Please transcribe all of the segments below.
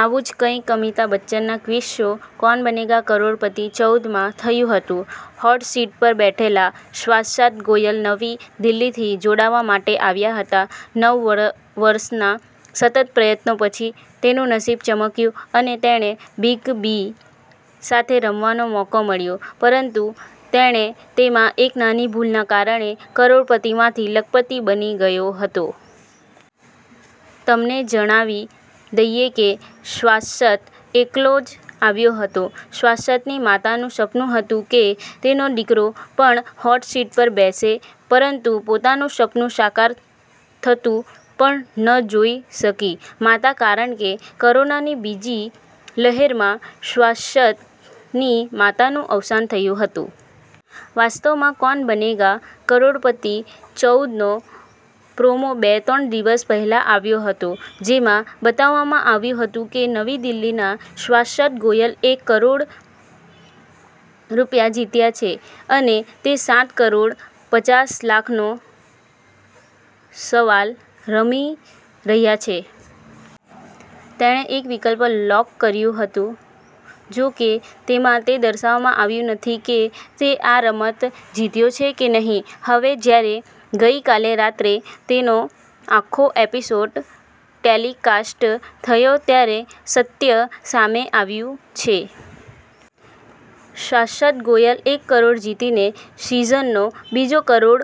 આવું જ કંઈક અમિતાભ બચ્ચનના ક્વિઝ શો 'કૌન બનેગા કરોડપતિ ચૌદ 'માં થયું હતું. હોટ સીટ પર બેઠેલા સ્વાસાત ગોયલ નવી દિલ્હીથી જોડાવા માટે આવ્યા હતા. નવ વર વર્ષના સતત પ્રયત્નો પછી, તેનું નસીબ ચમક્યું અને તેને બિગ બી સાથે રમવાનો મોકો મળ્યો, પરંતુ તેણે તેમાં એક નાની ભૂલના કારણે કરોડપતિ માંથી લખપતિ બની ગયો હતો. તમને જણાવી દઈએ કે, સ્વાસત એકલો જ આવ્યો હતો. સ્વાસતની માતાનું સપનું હતું કે, તેનો દીકરો પણ હોટસીટ પર બેસે પરંતુ પોતાનું સપનું સાકાર થતું પણ ન જોઈ શકી માતા. કારણ કે, કરોનાની બીજી લહેરમાં સ્વાસતની માતાનું અવસાન થયું હતું. વાસ્તવમાં 'કૌન બનેગા કરોડપતિ ચૌદ'નો પ્રોમો બે-તણ દિવસ પહેલા આવ્યો હતો. જેમાં બતાવવામાં આવ્યું હતું કે નવી દિલ્હીના સ્વાસત ગોયલ એક કરોડ રૂપિયા જીત્યા છે અને તે સાત કરોડ પચાસ લાખનો સવાલ રમી રહ્યા છે. તેણે એક વિકલ્પ લોક કરર્યુ હતુ.. જો કે, તેમાં તે દર્શાવવામાં આવ્યું નથી કે તે આ રમત જીત્યો છે કે નહિ. હવે જ્યારે ગઈકાલે રાત્રે તેનો આખો એપિસોડ ટેલિકાસ્ટ થયો ત્યારે સત્ય સામે આવ્યું છે. સ્વાસત ગોયલ એક કરોડ જીતીને સિઝનનો બીજો કરોડ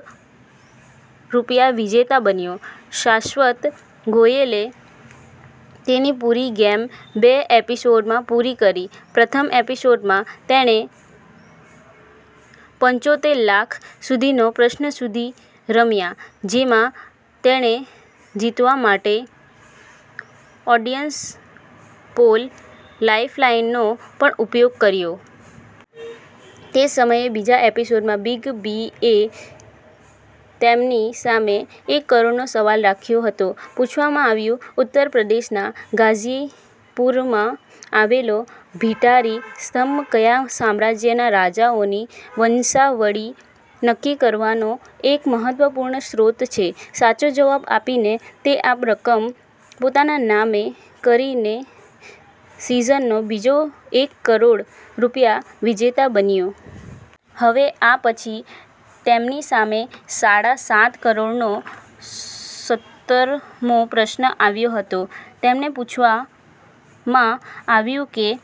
રૂપિયા વિજેતા બન્યો. શાસ્વત ગોયલે તેની પૂરી ગેમ બે એપિસોડમાં પૂરી કરી. પ્રથમ એપિસોડમાં, તેણે પંચોતેર લાખ સુધીનો પ્રશ્ન સુધી રમ્યા, જેમાં તેણે જીતવા માટે ઓડીયન્સ પોલ લાઈફલાઈનનો પણ ઉપયોગ કર્યો. તે જ સમયે, બીજા એપિસોડમાં બિગ બીએ તેમની સામે એક કરોડનો સવાલ રાખ્યો હતો. પૂછવામાં આવ્યું- ઉત્તર પ્રદેશના ગાઝીપુરમાં આવેલો ભીટારી સ્તંભ કયા સામ્રાજ્યના રાજાઓની વંશાવળી નક્કી કરવાનો એક મહત્વપૂર્ણ સ્ત્રોત છે? સાચો જવાબ આપીને તે આ રકમ પોતાના નામે કરીને સિઝનનો બીજો એક કરોડ રૂપિયા વિજેતા બન્યો. હવે આ પછી તેમની સામે સાડા સાત કરોડનો સત્તરમો પ્રશ્ન આવ્યો હતો. તેમને પૂછવામાં આવ્યું કે-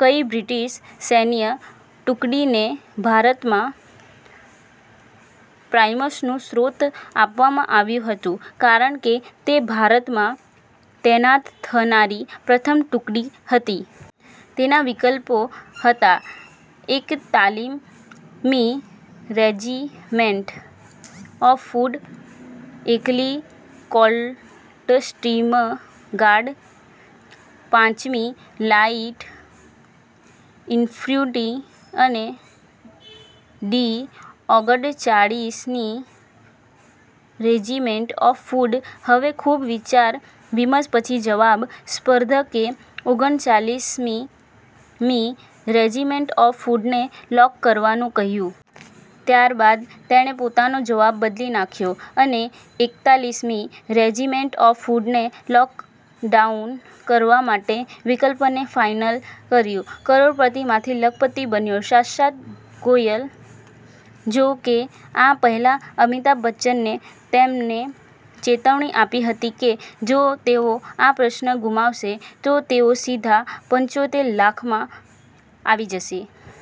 કઈ બ્રિટિશ સૈન્ય ટુકડીને ભારતમાં પ્રાઈમસનું શ્રુત આપવામાં આવ્યું હતું કારણ કે તે ભારતમાં તૈનાત થનારી પ્રથમ ટુકડી હતી? તેના વિકલ્પો હતા એકતાલીમ મી રેજિમેન્ટ ઓફ ફૂડ, એકલી કોલ્ટસ્ટ્રીમ ગાર્ડ, પાંચમી લાઇટ ઇન્ફયુટી અને ડી ઓગડચાળીસમી રેજિમેન્ટ ઓફ ફૂડ. હવે ખૂબ વિચાર-વિમર્શ પછી જવાબ, સ્પર્ધ કે ઓગણચાળીસમી મી રેજિમેન્ટ ઓફ ફૂડને લોક કરવાનું કહ્યું. ત્યારબાદ તેણે પોતાનો જવાબ બદલી નાખ્યો અને એકતાલીસમી રેજિમેન્ટ ઓફ ફૂડને લોક ડાઉન કરવા માટે વિકલ્પને ફાઈનલ કર્યુ. કરોડપતિમાંથી લખપતિ બન્યો શાશત ગોયલ જો કે, આ પહેલા અમિતાભ બચ્ચનને તેમને ચેતવણી આપી હતી કે જો તેઓ આ પ્રશ્ન ગુમાવશે તો તેઓ સીધા પંચોતેર લાખમાં આવી જશે.